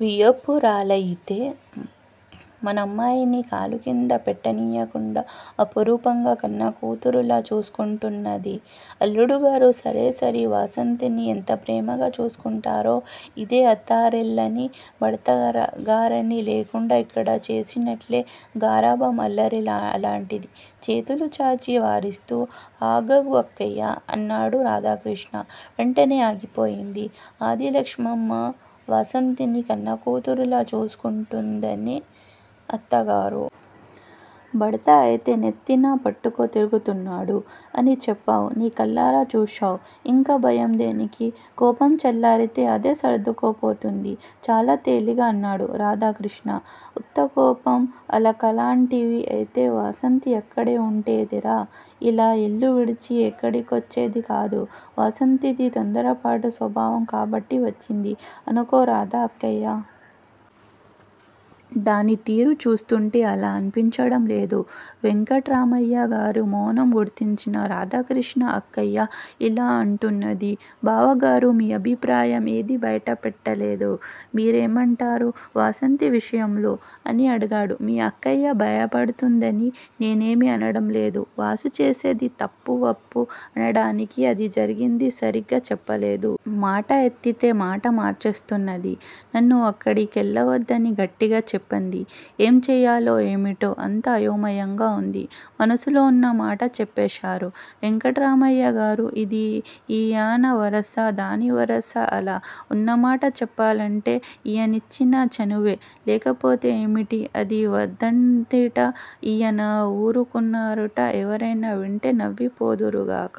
వియ్యపురాలయితే మనమ్మాయిని కాలుకింద పెట్టనియ్యకుండా అపురూపంగ కన్నకూతురులా చూసుకుంటున్నది. అల్లుడుగారు సరేసరి వాసంతిని ఎంతప్రేమగా చూసుకుంటారో. ఇదే అత్తారిల్లని భర్తగారని లేకుండ ఇక్కడ చేసినట్లే గారాబం అల్లరి అలాంటిది. చేతులు చాచి వారిస్తూ ఆగాగు అక్కయ్యా! అన్నాడు రాధాకృష్ణ. వెంటనే ఆగిపోయింది ఆదిలక్షమ్మమ్మ. వాసంతిని కన్నకూతురులా చూసుకుంటున్నది అత్తగారు. భర్త అయితే నెత్తిన పట్టుకు తిరుగుతున్నాడు అని చెప్పావు నీ కళ్ళారా చూశావు. ఇంక భయం దేనికి? కోపం చల్లారితే అదే సర్దుకుపోతుంది. చాలా తేలిగ్గా అన్నాడు రాధాకృష్ణ. ఉత్తకోపం అలకలాంటివి అయితే వాసంతి అక్కడే వుండేదిరా. ఇలా యిల్లువిడిచి యిక్కడికొచ్చేది కాదు. వాసంతిది తొందరపాటు స్వభావం కాబట్టి వచ్చింది అనుకోరాదా అక్కయ్యా! దానితీరు చూస్తుంటే అలా అనిపించటంలేదు, వెంకట్రామయ్యగారి మవునం గుర్తించిన రాధాకృష్ణ అక్కయ్య యిలా అంటున్నది బావగారూ! మీ అభిప్రాయం ఏది బైట పెట్టలేదు. మీరేమంటారు వాసంతి విషయంలో? అని అడిగాడు. మీ అక్కయ్య భయపడుతుందని నేనేమీ అనటం లేదు. వాసు చేసింది తప్పు వప్పు అనటానికి అది జరిగింది సరీగ చెప్పలేదు. మాట ఎత్తితే మాట మార్చేస్తున్నది. నన్ను అక్కడి కెళ్ళవద్దని గట్టిగా చెప్పింది. ఏంచేయాలో ఏమిటో అంతా అయోమయంగా వుంది. మనసులో వున్న మాట చెప్పేశారు వెంకట్రామయ్యగారు. ఇదీ యీయన వరస, దానివరస అలా, ఉన్నమాట చెప్పాలంటే ఈయనిచ్చిన చనువే, లేకపోతే ఏమిటి? అది వద్దందిట. ఈయన వూరుకున్నారుట ఎవరైనా వింటే నవ్విపోదురుగాక.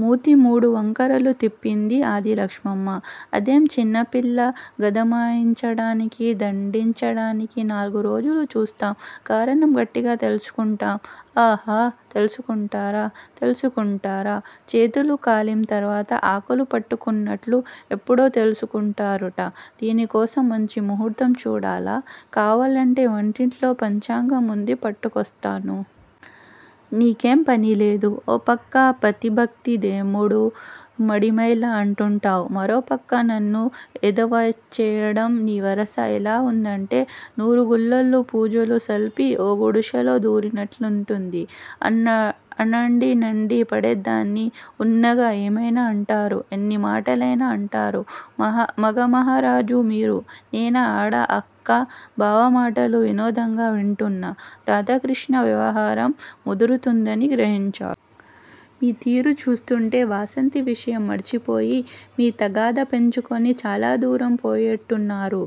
మూతి మూడువంకరలు తిప్పింది ఆదిలక్ష్మమ్మ. అదేం చిన్నపిల్లా గదమాయించటానికి, దండించటానికి నాలుగురోజులు చూస్తాం కారణం గట్టిగా తెల్సుకుంటాము. ఆ ఆ తెలుసుకుంటారు, తెలుసుకుంటారు. చేతులు కాలిం తరువాత ఆకులు పట్టుకున్నట్లు ఎప్పుడో తెలుసుకుంటారుట, దీనికోసం మంచి ముహూర్తం చూడాలా! కావాలంటే వంటింట్లో పంచాంగం వుంది పట్టుకొస్తాను. నీకేం పనిలేదు. ఓ పక్క పతిభక్తి దేముడు మడిమైల అంటుంటావు. మరోపక్క నన్ను ఎద్దేవచేయటం. నీ వరస ఎలా వుందంటే నూరుగుళ్ళల్లో పూజలుసల్పి ఓ గుడిశలో దూరినట్లుంది. అనండనండి పడేదాన్ని వున్నాగా ఏమయినా అంటారు. ఎన్నిమాటలయినా అంటారు. మగమహారాజు, మీరు, నేనా ఆడ అక్కా బావ మాటలు వినోదంగా వింటున్న రాధాకృష్ణ వ్యవహారం ముదురుతుందని గ్రహించాడు. మీ తీరు చూస్తుంటే వాసంతి విషయం మర్చిపోయి, మీ తగాదా పెంచుకుని చాలాదూరం పోయేట్టున్నారు.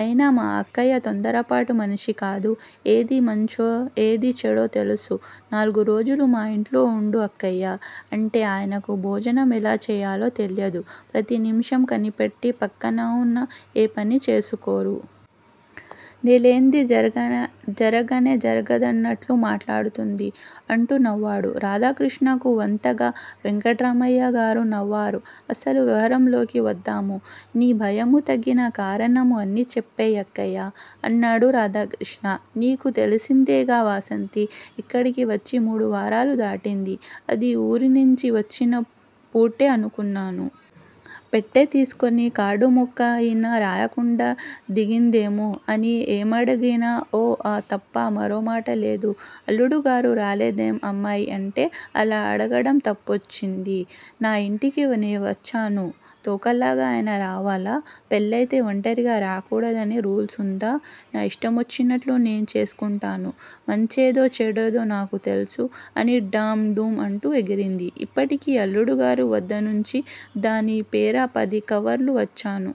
అయినా మా అక్కయ్య తొందరపాటు మనిషికాదు. ఏది మంచో ఏది చెడో తెలుసు. నాలుగురోజులు మా యింట్లో వుండు అక్కయ్యా! అంటే ఆయనకి భోజనం ఎలా చేయాలో తెలియదు. ప్రతి నిమిషం కనిపెట్టి పక్కనవున్నా ఏపని చేసుకోరు. నేలేంది జరగనే జరగదన్నట్లు మాట్లాడుతుంది అంటూ నవ్వాడు. రాధాకృష్ణకు వంతగా వెంకట్రామయ్యగారు నవ్వారు. అసలు వ్యవహారంలోకి వద్దాము. నీ భయము తగిన కారణము అన్ని చెప్పెయ్యి అక్కయ్యా! అన్నాడు రాధాకృష్ణ. నీకు తెలిసిందేగా వాసంతి యిక్కడికి వచ్చి మూడువారాలు దాటింది. అది ఊరినించి వచ్చిన పూటే అనుకున్నాను. పెట్టె తీసుకుని కార్డుముక్కయినా రాయకుండ దిగిందేమో అని ఏమడిగినా ఊ ఆ తప్ప మరోమాటలేదు. అల్లుడుగారు రాలేదేం అమ్మాయ్ అంటే అలా అడగటం తప్పొచ్చింది. నాయింటికి నేవచ్చాను. తోకలాగా ఆయన రావాలా? పెళ్ళయితే వంటరిగా రాకూడదని రూల్స్ వుందా? నా యిష్టమొచ్చినట్లు నే చేసుకుంటాను. మంచేదో చెడ్డేదో నాకు తెల్సు, అని ఢాం డూం అంటూ ఎగిరింది, ఇప్పటికి అల్లుడుగారి వద్దనుంచి దానిపేర పదికవర్లు వచ్చాయి.